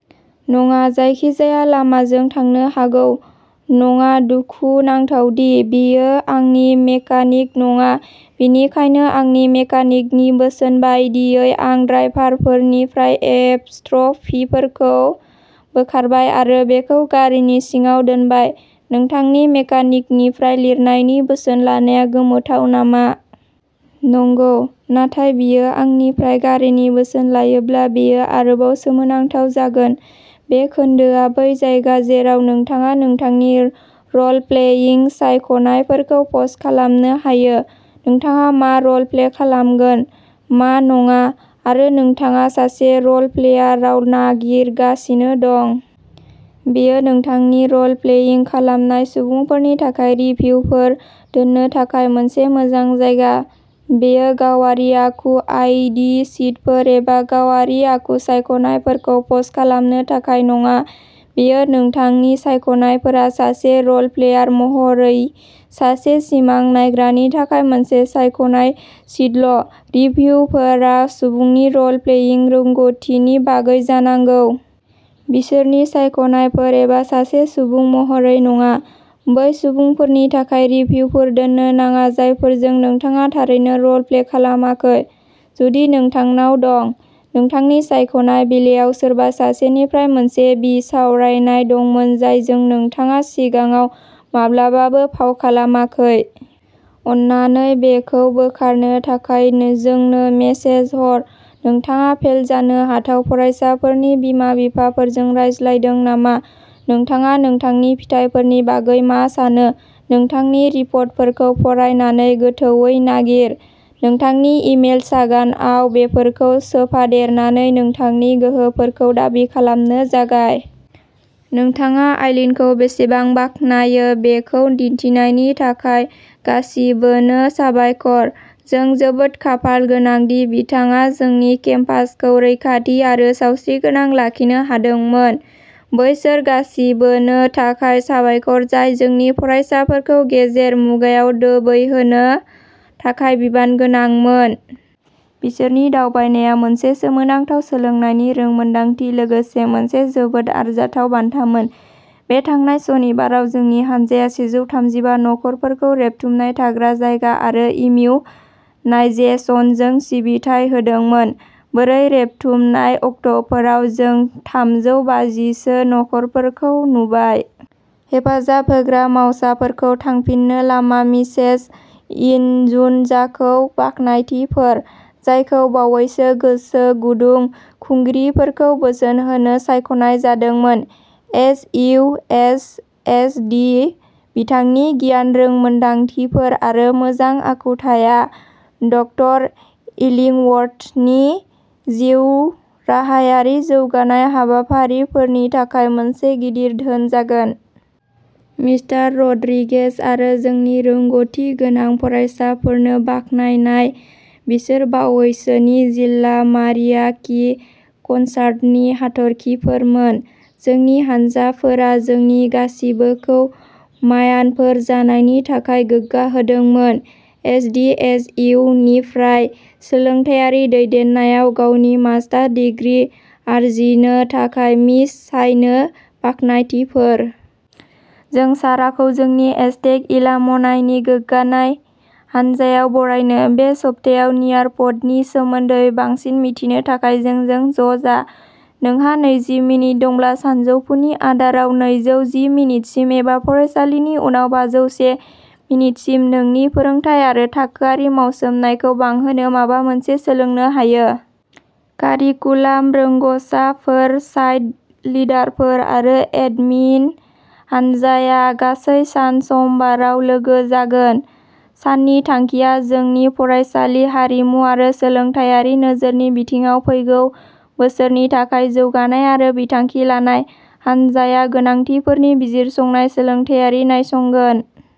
नङा। जायखिजाया लामाजों थांनो हागौ। नङा। दुखु नांथाव दि बियो आंनि मेकानिक नङा। बेनिखायनो आंनि मेकानिकनि बोसोन बायदियै आं ड्राइभारफोरनिफ्राय एपस्ट्र'फिफोरखौ बोखारबाय आरो बेखौ गारिनि सिङाव दोनबाय। नोंथांनि मेकानिकनिफ्राय लिरनायनि बोसोन लानाया गोमोथाव नामा? नंगौ। नाथाय बियो आंनिफ्राय गारिनि बोसोन लायोब्ला बेयो आरोबाव सोमोनांथाव जागोन!। बे खोन्दोआ बै जायगा जेराव नोंथाङा नोंथांनि रलप्लेइं सायख'नायफोरखौ पस्ट खालामनो हायो। नोंथाङा मा रलप्ले खालामगोन? मा नङा। आरो नोंथाङा सासे रलप्लेयाराव नागिरगासिनो दं। बेयो नोंथांनि रलप्लेइं खालामनाय सुबुंफोरनि थाखाय रिभ्युफोर दोननो थाखाय मोनसे मोजां जायगा। बेयो गावारि आखु आइ. डि. शीटफोर एबा गावारि आखु सायख'नायफोरखौ पस्ट खालामनो थाखाय नङा। बेयो नोंथांनि सायख'नायफोरा सासे रलप्लेयार महरै सासे सिमां नायग्रानि थाखाय मोनसे सायख'नाय शीटल' रिभ्युफोरा सुबुंनि रलप्लेइं रोंग'थिनि बागै जानांगौ। बिसोरनि सायख'नायफोर एबा सासे सुबुं महरै नङा। बै सुबुंफोरनि थाखाय रिभ्युफोर दोननो नाङा जायफोरजों नोंथाङा थारैनो रलप्ले खालामाखै। जुदि नोंथांनाव दं। नोंथांनि सायख'नाय बिलाइयाव सोरबा सासेनिफ्राय मोनसे बिसावरायनाय दंमोन जायजों नोंथाङा सिगाङाव माब्लाबाबो फाव खालामाखै। अननानै बेखौ बोखारनो थाखाय जोंनो मेसेज हर। नोंथाङा फेल जानो हाथाव फरायसाफोरनि बिमा-बिफाफोरजों रायज्लायदों नामा? नोंथाङा नोंथांनि फिथायफोरनि बागै मा सानो? नोंथांनि रिपर्टफोरखौ फरायनानै गोथौवै नागिर। नोंथांनि इमेल सागानआव बेफोरखौ सोफादेरनानै नोंथांनि गोहोफोरखौ दाबि खालामनो जागाय। नोंथाङा आइलीनखौ बेसेबां बाखनायो बेखौ दिन्थिनायनि थाखाय गासिबोनो साबायखर। जों जोबोद खाफालगोनां दि बिथाङा जोंनि केम्पासखौ रैखाथि आरो सावस्रिगोनां लाखिनो हादोंमोन! बैसोर गासिबोनो थाखाय साबायखर जाय जोंनि फरायसाफोरखौ गेजेर मुगायाव दोबैहोनो थाखाय बिबानगोनांमोन। बिसोरनि दावबायनाया मोनसे सोमोनांथाव सोलोंनायनि रोंमोनदांथि लोगोसे मोनसे जोबोद आरजाथाव बान्थामोन। बे थांनाय सनिबाराव जोंनि हानजाया सेजौ थामजि बा नखरफोरखौ रेबथुमनाय थाग्रा जायगा आरो इमिउ नायजेसनजों सिबिथाय होदोंमोन। ब्रै रेबथुमनाय अक्ट'फोराव जों थामजौ बाजि सो नखरफोरखौ नुबाय। हेफाजाब होग्रा मावसाफोरखौ थांफिननो लामा मिसेस इनजुनजाखौ बाखनायथिफोर। जायखौ बावैसो गोसो गुदुं खुंगिरिफोरखौ बोसोन होनो सायख'नाय जादोंमोन। S. U. H. S. D.. बिथांनि गियान रोंमोनदांथिफोर आरो मोजां आखुथाया डक्टर इलिंवर्थनि जिउराहायारि जौगानाय हाबाफारिफोरनि थाखाय मोनसे गिदिर धोन जागोन। मिस्टार रड्रिगेज आरो जोंनि रोंग'थिगोनां फरायसाफोरनो बाखनायनाय। बिसोर बावैसोनि जिल्ला मारियाकी कनसार्टनि हाथरखिफोरमोन। जोंनि हानजाफोरा जोंनि गासिबोखौ मायानफोर जानायनि थाखाय गोग्गा होदोंमोन। एस. डि. एस. इउ. निफ्राय सोलोंथायारि दैदेननायाव गावनि मास्टार डिग्री आरजिनो थाखाय मिस चाइनो बाखनायथिफोर। जों साराखौ जोंनि एजटेक एलामनाइनि गोग्गानाय हानजायाव बरायनो। बे सप्तायाव नियारप'डनि सोमोन्दै बांसिन मिथिनो थाखाय जोंजों ज'जा। नोंहा नैजि मिनिट दंब्ला सानजौफुनि आदाराव नैजौ जि मिनिटसिम एबा फरायसालिनि उनाव बाजौ से मिनिटसिम नोंनि फोरोंथाय आरो थाखोआरि मावसोमनायखौ बांहोनो माबा मोनसे सोलोंनो हायो। कारिकुलाम रोंग'साफोर साइट लिडारफोर आरो एडमिन हान्जाया गासै सान सोमबाराव लोगो जागोन। साननि थांखिया जोंनि फरायसालि हारिमु आरो सोलोंथायारि नोजोरनि बिथिङाव फैगौ बोसोरनि थाखाय जौगानाय आरो बिथांखि लानाय। हानजाया गोनांथिफोरनि बिजिरसंनाय सोलोंथायारि नायसंगोन।